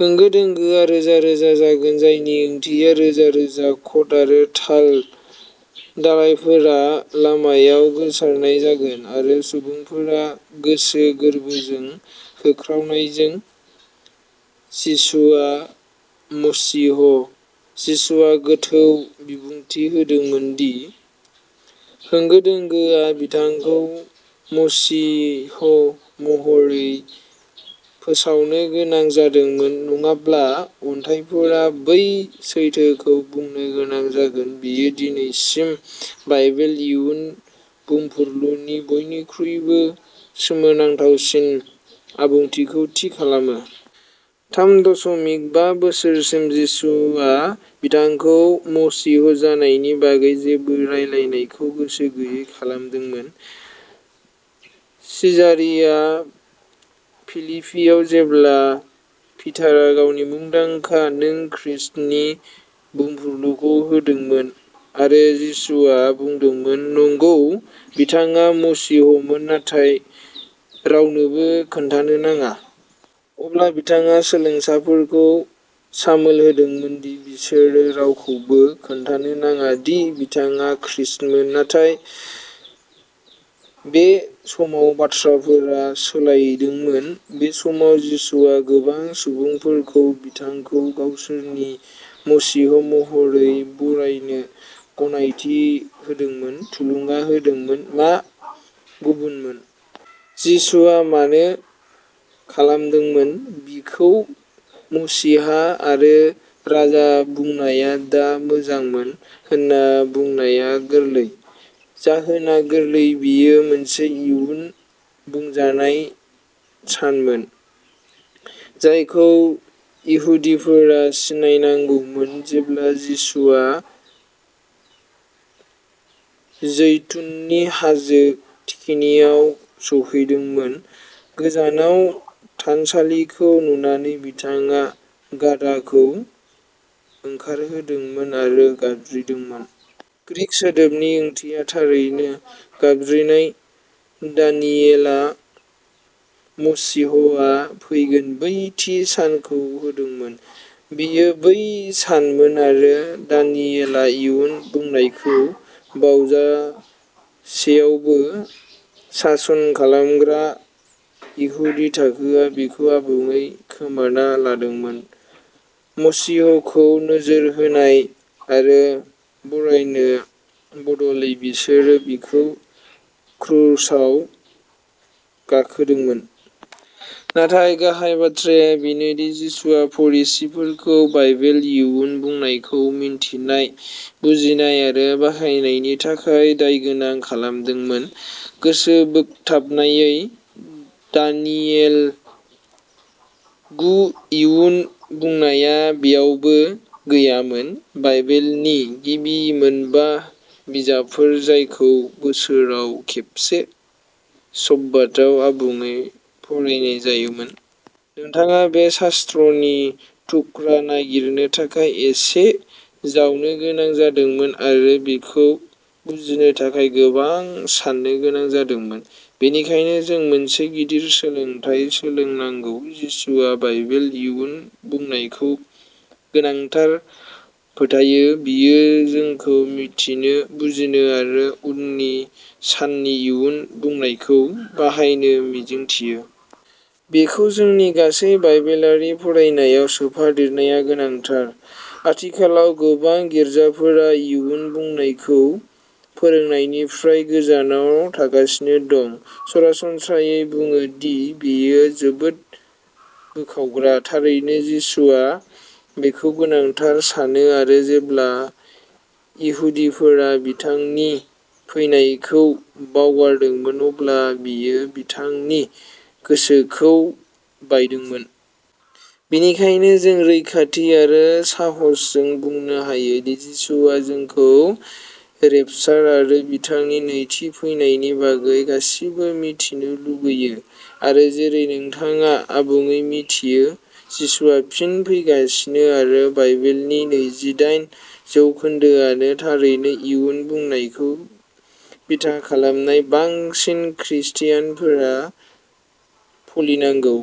होंगो-दोंगोआ रोजा रोजा जागोन जायनि ओंथिया रोजा-रोजा कट आरो ताल दालाइफोरा लामायाव गोसारनाय जागोन। आरो सुबुंफोरा गोसो गोर्बोजों होख्रावनायजों "जिसुआ मसीह" जिसुआ गोथौ बिबुंथि होदोंमोन दि होंगो-दोंगोआ बिथांखौ मसीह महरै फोसावनो गोनां जादोंमोन नङाब्ला अन्थाइफोरा बै सैथोखौ बुंनो गोनां जागोन बेयो दिनैसिम बाइबेल इयुन बुंफुरलुनि बयनिख्रुइबो सोमोनांथावसिन आबुंथिखौ थि खालामो। थाम दसमिक बा बोसोरसिम जिसुआ बिथांखौ मसीह जानायनि बागै जेबो रायलायनायखौ गोसो गैयै खालामदोंमोन। सिजारिया-फिलिपिआव, जेब्ला पिटारआ गावनि मुंदांखा नों ख्रिस्ट’नि बुंफुरलुखौ होदोंमोन, आरो जिसुआ बुंदोंमोन "नंगौ", बिथाङा मसीहमोन, नाथाय रावनोबो खोन्थानो नाङा। अब्ला बिथाङा सोलोंसाफोरखौ सामोल होदोंमोन दि बिसोरो रावखौबो खोन्थानो नाङा दि बिथाङा ख्रिस्ट’मोन। नाथाय बे समाव बाथ्राफोरा सोलायदोंमोन। बे समाव जिसुआ गोबां सुबुंफोरखौ बिथांखौ गावसोरनि मसीह महरै बरायनो गनायथि होदोंमोन, थुलुंगा होदोंमोन। मा गुबुनमोन? जिसुआ मानो खालामदोंमोन? बिखौ मसीहा आरो राजा बुंनाया दा मोजांमोन होनना बुंनाया गोरलै? जाहोना गोरलै। बेयो मोनसे इयुन बुंजानाय सानमोन जायखौ इहुदिफोरा सिनायनांगौमोन। जेब्ला जिसुआ जैतुननि हाजो थिखिनियाव सौहैदोंमोन, गोजानाव थानसालिखौ नुनानै, बिथाङा गाधाखौ ओंखारहोदोंमोन आरो गाबज्रिदोंमोन। ग्रीक सोदोबनि ओंथिया थारैनो गाबज्रिनाय दानियेलआ मसीहआ फैगोन बै थि सानखौ होदोंमोन। बेयो बै सानमोन आरो दानियेला इयुन बुंनायखौ बावजासेयावबो, सासन खालामग्रा इहुदि थाखोआ बेखौ आबुङै खोमाना लादोंमोन मसीहखौ नोजोर होनाय आरो बरायनो बदलै, बिसोरो बिखौ क्रुसाव गाखोदोंमोन। नाथाय गाहाय बाथ्राया बेनो दि जिसुआ फरिसीफोरखौ बाइबेल इयुन बुंनायखौ मिन्थिनाय, बुजिनाय आरो बाहायनायनि थाखाय दायगोनां खालामदोंमोन। गोसोबोगथाबनायै, दानियेल गु इयुन बुंनाया बेयावबो गैयामोन। बाइबेलनि गिबि मोनबा बिजाबफोर जायखौ बोसोराव खेबसे शब्बात आव आबुङै फरायनाय जायोमोन। नोंथाङा बे शास्त्रनि थुख्रा नागिरनो थाखाय एसे जावनो गोनां जादोंमोन आरो बेखौ बुजिनो थाखाय गोबां साननो गोनां जादोंमोन। बेनिखायनो जों मोनसे गिदिर सोलोंथाय सोलोंनांगौ जिसुआ बाइबेल इयुन बुंनायखौ गोनांथार फोथायो बियो जोंखौ मिथिनो बुजिनो आरो उननि साननि इयुन बुंनायखौ बाहायनो मिजिंथियो। बेखौ जोंनि गासै बाइबेलारि फरायनायाव सोफादेरनाया गोनांथार। आथिखालाव गोबां गिर्जाफोरा इयुन बुंनायखौ फोरोंनायनिफ्राय गोजानाव थागासिनो दं सरासनस्रायै बुङो दि बेयो जोबोद बोखावग्रा। थारैनो जिसुआ बेखौ गोनांथार सानो। आरो जेब्ला इहुदिफोरा बिथांनि फैनायखौ बावगारदोंमोन अब्ला बियो बिथांनि गोसोखौ बायदोंमोन। बेनिखायनो जों रैखाथि आरो साहसजों बुंनो हायो दि जिसुआ जोंखौ रेपचार आरो बिथांनि नैथि फैनायनि बागै गासिबो मिथिनो लुगैयो। आरो जेरै नोंथाङा आबुङै मिथियो, जिसुआ फिन फैगासिनो आरो बाइबेलनि नैजिदाइन जौखोन्दोआनो थारैनो इयुन बुंनायखौ बिथा खालामनाय, बांसिन ख्रिस्टियानफोरा फुलिनांगौ।